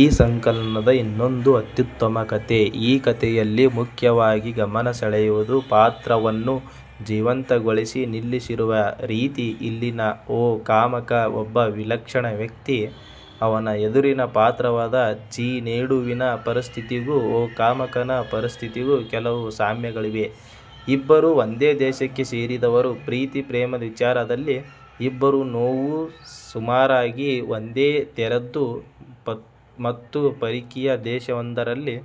ಈ ಸಂಕಲನದ ಇನ್ನೊಂದು ಅತ್ಯುತ್ತಮ ಕತೆ. ಈ ಕತೆಯಲ್ಲಿ ಮುಖ್ಯವಾಗಿ ಗಮನ ಸೆಳೆಯುವುದು ಪಾತ್ರವನ್ನು ಜೀವಂತಗೊಳಿಸಿ ನಿಲ್ಲಿಸಿರುವ ರೀತಿ. ಇಲ್ಲಿನ ಒಕಾಮಕ ಒಬ್ಬ ವಿಲಕ್ಷಣ ವ್ಯಕ್ತಿ. ಅವನ ಎದುರಿನ ಪಾತ್ರವಾದ ಚಿನೇಡುವಿನ ಪರಿಸ್ಥಿತಿಗೂ ಒಕಾಮಕನ ಪರಿಸ್ಥಿತಿಗೂ ಕೆಲವು ಸಾಮ್ಯಗಳಿವೆ. ಇಬ್ಬರೂ ಒಂದೇ ದೇಶಕ್ಕೆ ಸೇರಿದವರು, ಪ್ರೀತಿ ಪ್ರೇಮದ ವಿಚಾರದಲ್ಲಿ ಇಬ್ಬರ ನೋವೂ ಸುಮಾರಾಗಿ ಒಂದೇ ತೆರದ್ದು ಮತ್ತು ಪರಕೀಯ ದೇಶವೊಂದರಲ್ಲಿ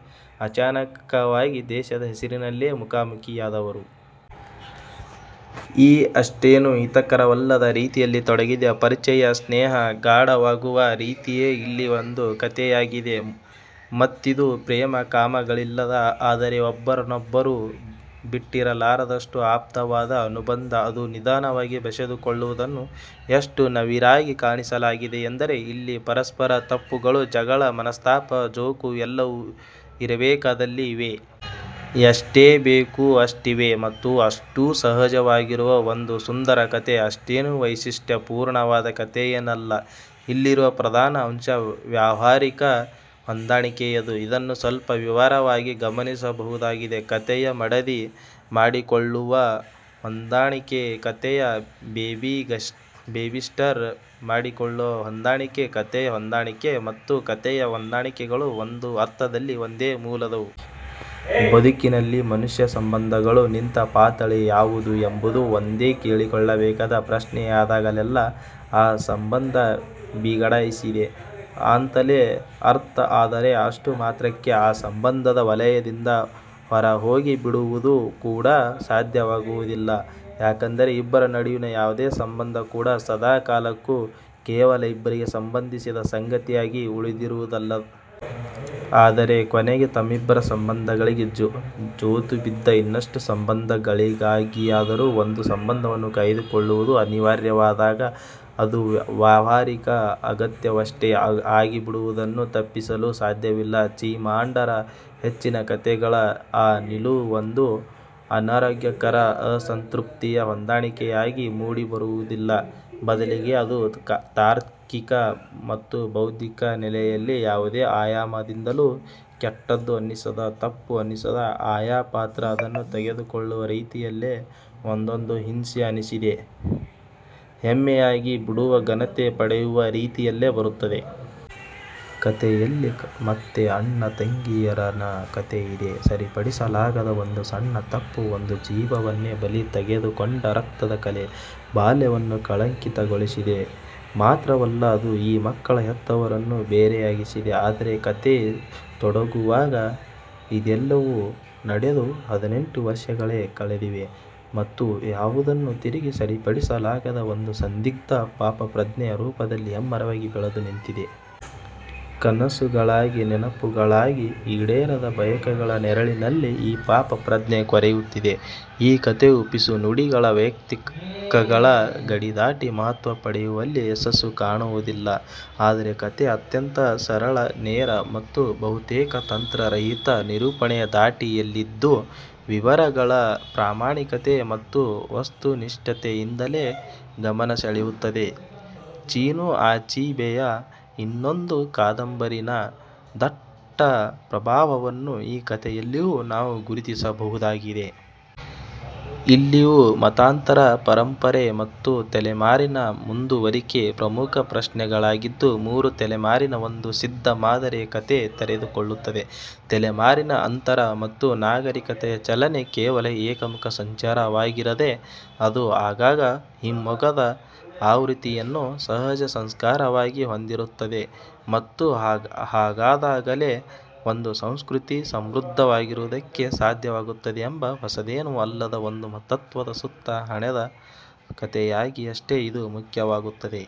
ಅಚಾನಕವಾಗಿ ದೇಶದ ಹೆಸರಿನಲ್ಲೇ ಮುಖಾಮುಖಿಯಾದವರು. ಈ ಅಷ್ಟೇನೂ ಹಿತಕರವಲ್ಲದ ರೀತಿಯಲ್ಲಿ ತೊಡಗಿದ ಪರಿಚಯ-ಸ್ನೇಹ ಗಾಢವಾಗುವ ರೀತಿಯೇ ಇಲ್ಲಿ ಒಂದು ಕತೆಯಾಗಿದೆ. ಮತ್ತಿದು ಪ್ರೇಮ-ಕಾಮಗಳಿಲ್ಲದ ಆದರೆ ಒಬ್ಬರನ್ನೊಬ್ಬರು ಬಿಟ್ಟಿರಲಾರದಷ್ಟು ಆಪ್ತವಾದ ಅನುಬಂಧ. ಅದು ನಿಧಾನವಾಗಿ ಬೆಸೆದುಕೊಳ್ಳುವುದನ್ನು ಎಷ್ಟು ನವಿರಾಗಿ ಕಾಣಿಸಲಾಗಿದೆ ಎಂದರೆ ಇಲ್ಲಿ ಪರಸ್ಪರರ ತಪ್ಪುಗಳು, ಜಗಳ, ಮನಸ್ತಾಪ, ಜೋಕು ಎಲ್ಲವೂ ಇರಬೇಕಾದಲ್ಲಿ ಇವೆ. ಎಷ್ಟು ಬೇಕೊ ಅಷ್ಟಿವೆ ಮತ್ತು ಅಷ್ಟೂ ಸಹಜವಾಗಿರುವ ಒಂದು ಸುಂದರ ಕತೆ. ಅಷ್ಟೇನೂ ವೈಶಿಷ್ಟ್ಯಪೂರ್ಣವಾದ ಕತೆಯೇನಲ್ಲ. ಇಲ್ಲಿರುವ ಪ್ರಧಾನ ಅಂಶ ವ್ಯಾವಹಾರಿಕ ಹೊಂದಾಣಿಕೆಯದು. ಇದನ್ನು ಸ್ವಲ್ಪ ವಿವರವಾಗಿ ಗಮನಿಸಬಹುದಾಗಿದೆ. ಕತೆಯ ಮಡದಿ ಮಾಡಿಕೊಳ್ಳುವ ಹೊಂದಾಣಿಕೆ ಕತೆಯ ಬೇಬಿಸಿಟ್ಟರ್ ಮಾಡಿಕೊಳ್ಳುವ ಹೊಂದಾಣಿಕೆ. ಕತೆಯ ಹೊಂದಾಣಿಕೆ ಮತ್ತು ಕತೆಯ ಹೊಂದಾಣಿಕೆಗಳು ಒಂದು ಅರ್ಥದಲ್ಲಿ ಒಂದೇ ಮೂಲದವು. ಬದುಕಿನಲ್ಲಿ ಮನುಷ್ಯ ಸಂಬಂಧಗಳು ನಿಂತ ಪಾತಳಿ ಯಾವುದು ಎಂಬುದು ಒಂದು ಕೇಳಿಕೊಳ್ಳಬೇಕಾದ ಪ್ರಶ್ನೆಯಾದಾಗಲೆಲ್ಲ ಆ ಸಂಬಂಧ ಬಿಗಡಾಯಿಸಿದೆ ಅಂತಲೇ ಅರ್ಥ. ಆದರೆ ಅಷ್ಟು ಮಾತ್ರಕ್ಕೆ ಆ ಸಂಬಂಧದ ವಲಯದಿಂದ ಹೊರಹೋಗಿ ಬಿಡುವುದು ಕೂಡ ಸಾಧ್ಯವಾಗುವುದಿಲ್ಲ. ಯಾಕೆಂದರೆ ಇಬ್ಬರ ನಡುವಿನ ಯಾವುದೇ ಸಂಬಂಧ ಕೂಡ ಸದಾ ಕಾಲಕ್ಕೂ ಕೇವಲ ಇಬ್ಬರಿಗೇ ಸಂಬಂಧಿಸಿದ ಸಂಗತಿಯಾಗಿ ಉಳಿದಿರುವುದಿಲ್ಲವಲ್ಲ. ಆದರೆ ಕೊನೆಗೆ ತಮ್ಮಿಬ್ಬರ ಸಂಬಂಧಗಳಿಗೆ ಜೋತುಬಿದ್ದ ಇನ್ನಷ್ಟು ಸಂಬಂಧಗಳಿಗಾಗಿಯಾದರೂ ಒಂದು ಸಂಬಂಧವನ್ನು ಕಾಯ್ದುಕೊಳ್ಳುವುದು ಅನಿವಾರ್ಯವಾದಾಗ ಅದು ವ್ಯಾವಹಾರಿಕ ಅಗತ್ಯವಷ್ಟೇ ಆಗಿ ಬಿಡುವುದನ್ನು ತಪ್ಪಿಸಲು ಸಾಧ್ಯವಿಲ್ಲ. ಚಿಮಾಮಾಂಡರ ಹೆಚ್ಚಿನ ಕತೆಗಳ ಈ ನಿಲುವು ಒಂದು ಅನಾರೋಗ್ಯಕರ-ಅಸಂತೃಪ್ತಿಯ ಹೊಂದಾಣಿಕೆಯಾಗಿ ಮೂಡಿ ಬರುವುದಿಲ್ಲ. ಬದಲಿಗೆ ಅದು ತಾರ್ಕಿಕ ಮತ್ತು ಬೌದ್ಧಿಕ ನೆಲೆಯಲ್ಲಿ ಯಾವುದೇ ಆಯಾಮದಿಂದಲೂ ಕೆಟ್ಟದು ಅನಿಸದ, ತಪ್ಪು ಅನಿಸದ, ಆಯಾ ಪಾತ್ರ ಅದನ್ನು ತೆಗೆದುಕೊಳ್ಳುವ ರೀತಿಯಲ್ಲೇ ಅದೊಂದು ಹಿಂಸೆ ಅನಿಸದ ಹೆಮ್ಮೆಯಾಗಿ ಬಿಡುವ ಘನತೆ ಪಡೆಯುವ ರೀತಿಯಲ್ಲೇ ಬರುತ್ತದೆ. ಕತೆಯಲ್ಲಿ ಮತ್ತೆ ಅಣ್ಣ-ತಂಗಿಯರ ನ ಕತೆಯಿದೆ. ಸರಿಪಡಿಸಲಾಗದ ಒಂದು ಸಣ್ಣ ತಪ್ಪು ಒಂದು ಜೀವವನ್ನೇ ಬಲಿ ತೆಗೆದುಕೊಂಡ ರಕ್ತದ ಕಲೆ ಬಾಲ್ಯವನ್ನು ಕಳಂಕಿತಗೊಳಿಸಿದೆ. ಮಾತ್ರವಲ್ಲ ಅದು ಈ ಮಕ್ಕಳ ಹೆತ್ತವರನ್ನೂ ಬೇರೆಯಾಗಿಸಿದೆ. ಆದರೆ ಕತೆ ತೊಡಗುವಾಗ ಇದೆಲ್ಲವೂ ನಡೆದು ಹದಿನೆಂಟು ವರ್ಷಗಳೇ ಕಳೆದಿವೆ ಮತ್ತು ಯಾವುದನ್ನೂ ತಿರುಗಿ ಸರಿಪಡಿಸಲಾಗದ ಒಂದು ಸಂದಿಗ್ಧ ಪಾಪಪ್ರಜ್ಞೆಯ ರೂಪದಲ್ಲಿ ಹೆಮ್ಮರವಾಗಿ ಬೆಳೆದುನಿಂತಿದೆ. ಕನಸುಗಳಾಗಿ, ನೆನಪುಗಳಾಗಿ, ಈಡೇರದ ಬಯಕೆಗಳ ನೆರಳಿನಲ್ಲಿ ಈ ಪಾಪಪ್ರಜ್ಞೆ ಕೊರೆಯುತ್ತಿದೆ. ಈ ಕತೆಯ ಪಿಸುನುಡಿಗಳು ವೈಯಕ್ತಿಕಗಳ ಗಡಿದಾಟಿ ಮಹತ್ವ ಪಡೆಯುವಲ್ಲಿ ಯಶಸ್ಸು ಕಾಣುವುದಿಲ್ಲ. ಆದರೆ, ಕತೆ ಅತ್ಯಂತ ಸರಳ-ನೇರ ಮತ್ತು ಬಹುತೇಕ ತಂತ್ರ ರಹಿತ ನಿರೂಪಣೆಯ ಧಾಟಿಯಲ್ಲಿದ್ದು ವಿವರಗಳ ಪ್ರಾಮಾಣಿಕತೆ ಮತ್ತು ವಸ್ತುನಿಷ್ಠತೆಯಿಂದಲೇ ಗಮನಸೆಳೆಯುತ್ತದೆ. ಚಿನು ಅಚೀಬೆಯ ಇನ್ನೊಂದು ಕಾದಂಬರಿ ನ ದಟ್ಟ ಪ್ರಭಾವವನ್ನು ಈ ಕತೆಯಲ್ಲಿಯೂ ನಾವು ಗುರುತಿಸಬಹುದಾಗಿದೆ. ಇಲ್ಲಿಯೂ ಮತಾಂತರ, ಪರಂಪರೆ ಮತ್ತು ತಲೆಮಾರಿನ ಮುಂದುವರಿಕೆ ಪ್ರಮುಖ ಪ್ರಶ್ನೆಗಳಾಗಿದ್ದು ಮೂರು ತಲೆಮಾರಿನ ಒಂದು ಸಿದ್ಧ ಮಾದರಿಯ ಕತೆ ತೆರೆದುಕೊಳ್ಳುತ್ತದೆ. ತಲೆಮಾರಿನ ಅಂತರ ಮತ್ತು ನಾಗರೀಕತೆಯ ಚಲನೆ ಕೇವಲ ಏಕಮುಖ ಸಂಚಾರವಾಗಿರದೆ ಅದು ಆಗಾಗ ಹಿಮ್ಮೊಗದ ಆವೃತ್ತಿಯನ್ನೂ ಸಹಜ ಸಂಸ್ಕಾರವಾಗಿ ಹೊಂದಿರುತ್ತದೆ ಮತ್ತು ಹಾಗಾದಾಗಲೇ ಒಂದು ಸಂಸ್ಕೃತಿ ಸಮೃದ್ಧವಾಗಿರುವುದಕ್ಕೆ ಸಾಧ್ಯವಾಗುತ್ತದೆ ಎಂಬ ಹೊಸದೇನೂ ಅಲ್ಲದ ಒಂದು ತತ್ವದ ಸುತ್ತ ಹೆಣೆದ ಕತೆಯಾಗಿಯಷ್ಟೇ ಇದು ಮುಖ್ಯವಾಗುತ್ತದೆ.